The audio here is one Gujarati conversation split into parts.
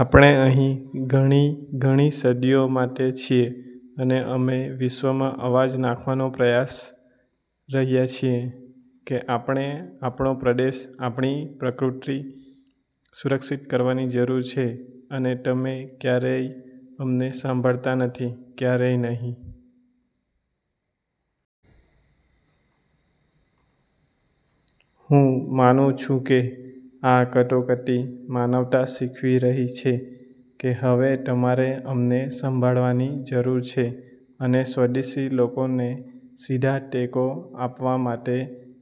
આપણે અહીં ઘણી ઘણી સદીઓ માટે છીએ અને અમે વિશ્વમાં અવાજ નાખવાનો પ્રયાસ રહ્યા છીએ, કે આપણે આપણો પ્રદેશ, આપણી પ્રકૃતિ સુરક્ષિત કરવાની જરૂર છે અને તમે ક્યારેય અમને સાંભળતા નથી. ક્યારેય નહીં. હું માનું છું કે આ કટોકટી માનવતા શીખવી રહી છે કે હવે તમારે અમને સંભાળવાની જરૂર છે અને સ્વદેશી લોકોને સીધાટેકો આપવા માટે,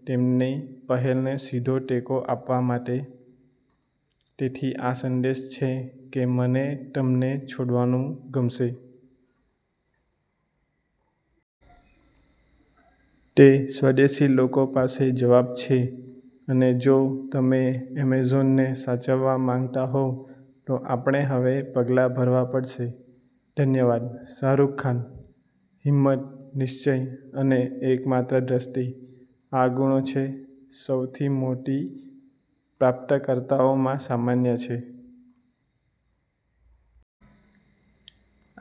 તેમની પહેલને સીધો ટેકો આપવા માટે. તેથી આ સંદેશ છે કે મને તમને છોડવાનું ગમશે. તે સ્વદેશી લોકો પાસે જવાબ છે, અને જો તમે એમેઝોનને સાચવવા માંગતા હોવ, તો આપણે હવે પગલાં ભરવા પડશે. ધન્યવાદ. શાહરૂખ ખાન: હિંમત, નિશ્ચય, અને એકમાત્ર દ્રષ્ટિ. આ ગુણો છે સૌથી મોટી પ્રાપ્તકર્તાઓમાં સામાન્ય છે.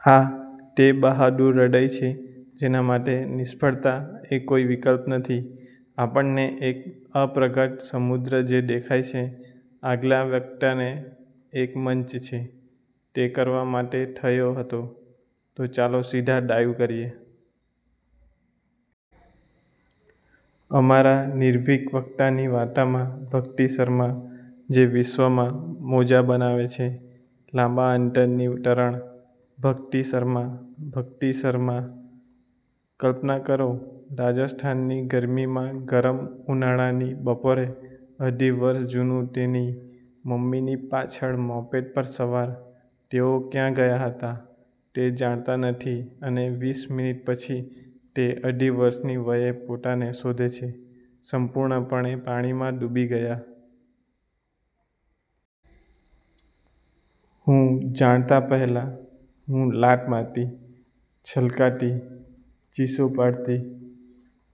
આ તે બહાદુર હૃદય છે જેના માટે નિષ્ફળતા એ કોઈ વિકલ્પ નથી. આપણને એક અપ્રગટ સમુદ્ર જે દેખાય છે, આગલા વક્તાને એક મંચ છે, તે કરવા માટે થયો હતો. તો ચાલો સીધા ડાઇવ કરીએ. અમારા નિર્ભીક વક્તાની વાર્તામાં, ભક્તિ શર્મા. જે વિશ્વમાં મોજા બનાવે છે લાંબા અંતરની તરણ. ભક્તિ શર્મા. ભક્તિ શર્મા: કલ્પના કરો, રાજસ્થાનની ગરમીમાં ગરમ ઉનાળાની બપોરે, અઢી વર્ષ જૂનું તેની મમ્મીની પાછળ મોપેડ પર સવાર, તેઓ ક્યાં ગયા હતા તે જાણતા નથી અને વીસ મિનિટ પછી, તે અઢી વર્ષની વયે પોતાને શોધે છે સંપૂર્ણપણે પાણીમાં ડૂબી ગયા. હું જાણતા પહેલા, હું લાત મારતી, છલકાતી, ચીસો પાડતી,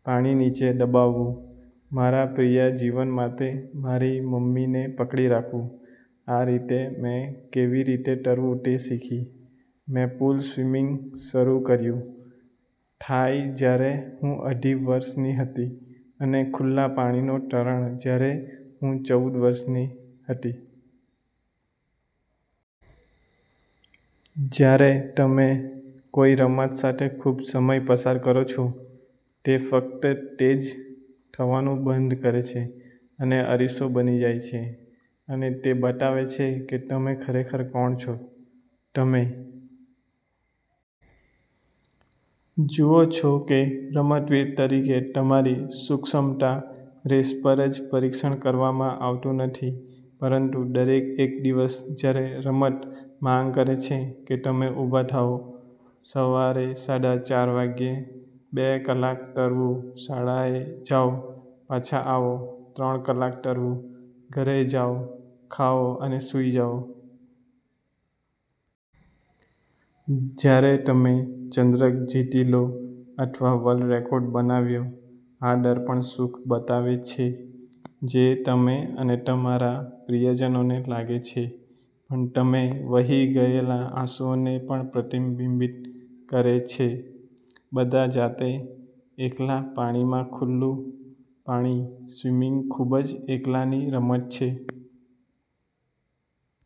પાણી નીચે દબાવવું, મારા પ્રિય જીવન માટે મારી મમ્મીને પકડી રાખવું. આ રીતે મેં કેવી રીતે તરવું તે શીખી. મેં પૂલ-સ્વિમિંગ શરૂ કર્યું, થાય જ્યારે હું અઢી વર્ષની હતી, અને ખુલ્લા પાણીનો તરણ જ્યારે હું ચૌદ વર્ષની હતી. જ્યારે તમે કોઈ રમત સાથે ખૂબ સમય પસાર કરો છો, તે ફક્ત તે જ થવાનું બંધ કરે છે અને અરીસો બની જાય છે અને તે બતાવે છે કે તમે ખરેખર કોણ છો. તમે જુઓ છો કે રમતવીર તરીકે તમારી સૂક્ષમતા રેસ પર જ પરીક્ષણ કરવામાં આવતું નથી, પરંતુ દરેક એક દિવસ, જ્યારે રમત માંગ કરે છે કે તમે ઉભા થાઓ સવા રેસાડા ચાર વાગ્યે, બે કલાક તરવું, શાળાએ જાઓ, પાછા આવો, ત્રણ કલાક તરવું, ઘરે જાઓ, ખાઓ અને સૂઈ જાઓ. જ્યારે તમે ચંદ્રક જીતી લો અથવા વર્લ્ડ રેકોર્ડ બનાવ્યો, આ દર્પણ સુખ બતાવે છે જે તમે અને તમારા પ્રિયજનોને લાગે છે, પણ તમે વહી ગયેલા આંસુઓને પણ પ્રતિબિંબિત કરે છે. બધા જાતે, એકલા પાણીમાં ખુલ્લું પાણી સ્વિમિંગ ખૂબ જ એકલાની રમત છે.